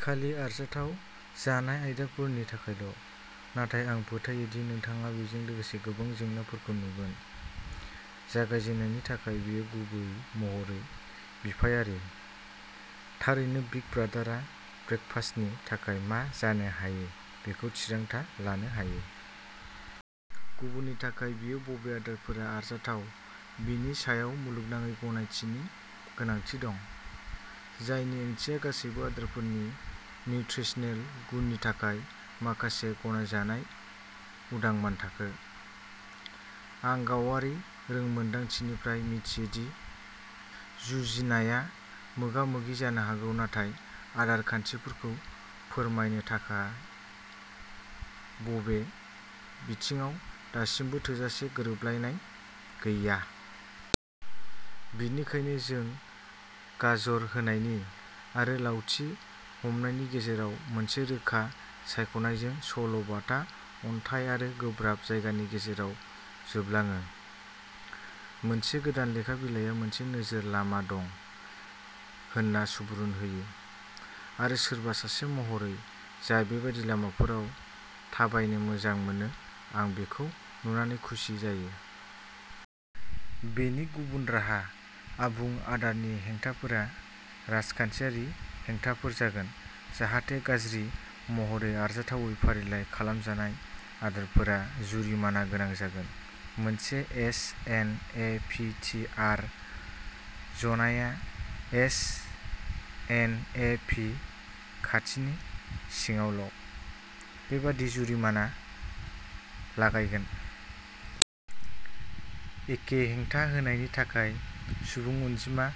खालि आरजाथाव जानाय आयदारफोरनि थाखायल'। नाथाय आं फोथायो दि नोंथाङा बेजों लोगोसे गोबां जेंनाफोरखौ नुगोन। जागायजेननायनि थाखाय बेयो गुबै महरै बिफायारि। थारैनो बिग ब्रादारआ ब्रेकफास्टनि थाखाय मा जानो हायो बेखौ थिरांथा लानो हायो। गुबुननि थाखाय बेयो बबे आदारफोरा आरजाथाव बेनि सायाव मुलुगनाङै गनायथिनि गोनांथि दं, जायनि ओंथिया गासैबो आदारफोरनि निउट्रिसनेल गुननि थाखाय माखासे गनायजानाय उदां मानथाखो। आं गावारि रोंमोनदांथिनिफ्राय मिथियो दि जुजिनाया मोगामोगि जानो हागौ नाथाय आदार खान्थिखौ फोरमायनो थाखा बबे बिथिङाव दासिमबो थोजासे गोरोबलायनाय गैया। बेनिखायनो जों गाजर होनायनि, आरो लावथि हमनायनि गेजेराव मोनसे रोखा सायख'नायजों, सल'-बाथा अनथाइ आरो गोब्राब जायगानि गेजेराव जोबलाङो। मोनसे गोदान लेखा बिलाइआ मोनसे गेजेर लामा दं होनना सुबुरुन होयो, आरो सोरबा सासे महरै जाय बेबादि लामाफोराव थाबायनो मोजां मोनो आं बेखौ नुनानै खुसि जायो। बेनि गुबुन राहा आबुं आदारनि हेंथाफोरा रांसखान्थियारि हेंथाफोर जागोन, जाहाथे' गाज्रि महरै आरजाथावै फारिलाइ खालामजानाय आदारफोरा जुरिमाना गोनां जागोन। मोनसे S N A P T R जनाया एस एन ए पि खाथिनि सिङावल' बेबादि जुरिमाना लागायगोन। एखे हेंथा होनायनि थाखाय सुबुं अनजिमा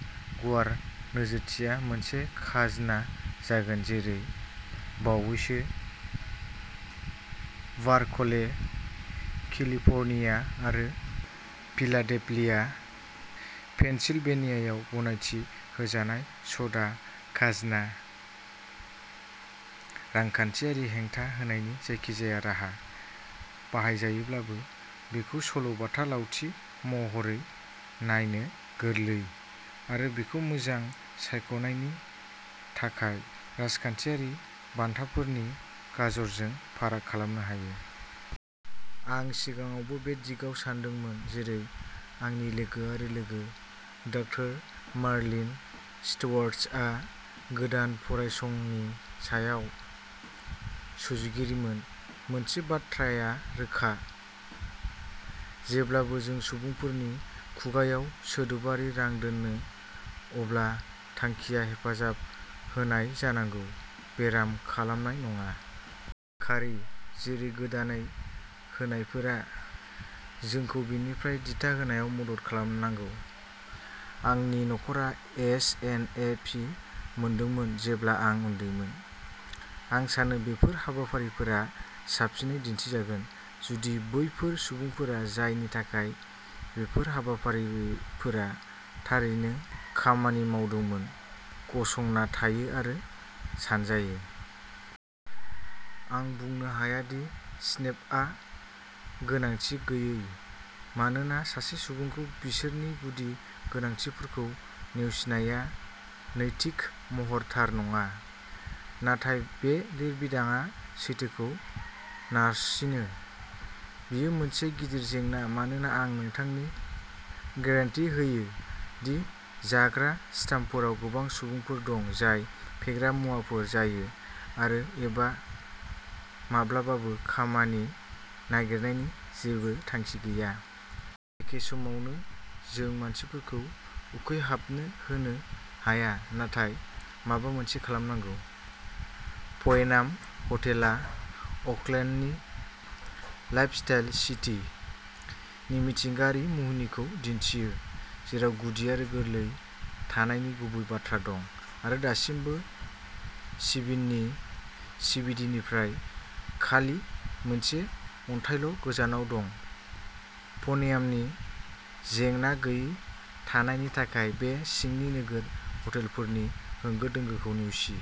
गुवार नोजोरथिया मोनसे खाजोना जागोन जेरै बावैसो बार्कले, केलिफर्निया आरो फिलाडेल्फिया, पेनसिलभेनियायाव गनायथि होजानाय स'डा खाजोना। रांखान्थियारि हेंथा होनायनि जायखिजाया राहा बाहायजायोब्लाबो, बेखौ सल'-बाथा लावथि महरै नायनो गोरलै, आरो बेखौ मोजां सायख'नायनि थाखाय रांसखान्थियारि बान्थाफोरनि गाजरजों फाराग खालामनो हायो। आं सिगाङावबो बे दिगाव सानदोंमोन, जेरै आंनि लोगो आरो लोगो, डाक्टार मार्लिन शर्टजआ, गोदान फरायसंनि सायाव सुजुगिरिमोन। मोनसे बाथ्राया रोखा। जेब्ला जों सुबुंफोरनि खुगाआव सोदोबारि रां दोनो, अब्ला थांखिया हेफाजाब होनाय जानांगौ, बेराम खालामनाय नङा। खारि, जेरै गोदानै होनायफोरा, जोंखौ बेनिफ्राय दिथा होनायाव मदद खालामनांगौ। आंनि नखरा एस एन ए पि मोनदोंमोन जेब्ला आं उन्दैमोन। आं सानो बेफोर हाबाफारिफोरा साबसिनै दिन्थिजागोन जुदि बैफोर सुबुंफोरा जायनि थाखाय बेफोर हाबाफारिफोरा थारैनो खामानि मावदोंमोन गसंना थायो आरो सानजायो। आं बुंनो हाया दि स्नेपआ गोनांथि गैयै, मानोना सासे सुबुंखौ बिसोरनि गुदि गोनांथिफोरखौ नेवसिनाया नैतिक महरै थार नङा। नाथाय बे लिरबिदांआ सैथोखौ नारसिनो। बेयो मोनसे गिदिर जेंना मानोना आं नोंथांनो गेरान्टि होयो दि जाग्रा स्टाम्पफोराव गोबां सुबुंफोर दं जाय फेग्रा मुवाफोर जायो आरो एबा माब्लाबाबो खामानि नागिरनायनि जेबो थांखि गैया। एखे समावनो जों मानसिफोरखौ उखैहाबनो होनो हाया नाथाय माबा मोनसे खालामनांगौ। पयेनाम' हटेलआ अकलेन्डनि "लाइफस्टाइल सिटी" नि मिथिंगायारि मुहिनिखौ दिन्थियो, जेराव गुदि आरो गोरलै थानायनि गुबै बाथ्रा दं आरो दासिमबो सिबिननि सिबिडिनिफ्राय खालि मोनसे अन्थाइल'गोजानाव दं पनियाम'नि जेंना गैयै थानायनि थाखाय बे सिंनि नोगोर हटेलफोरनि होंगो दोंगोखौ नेवसि।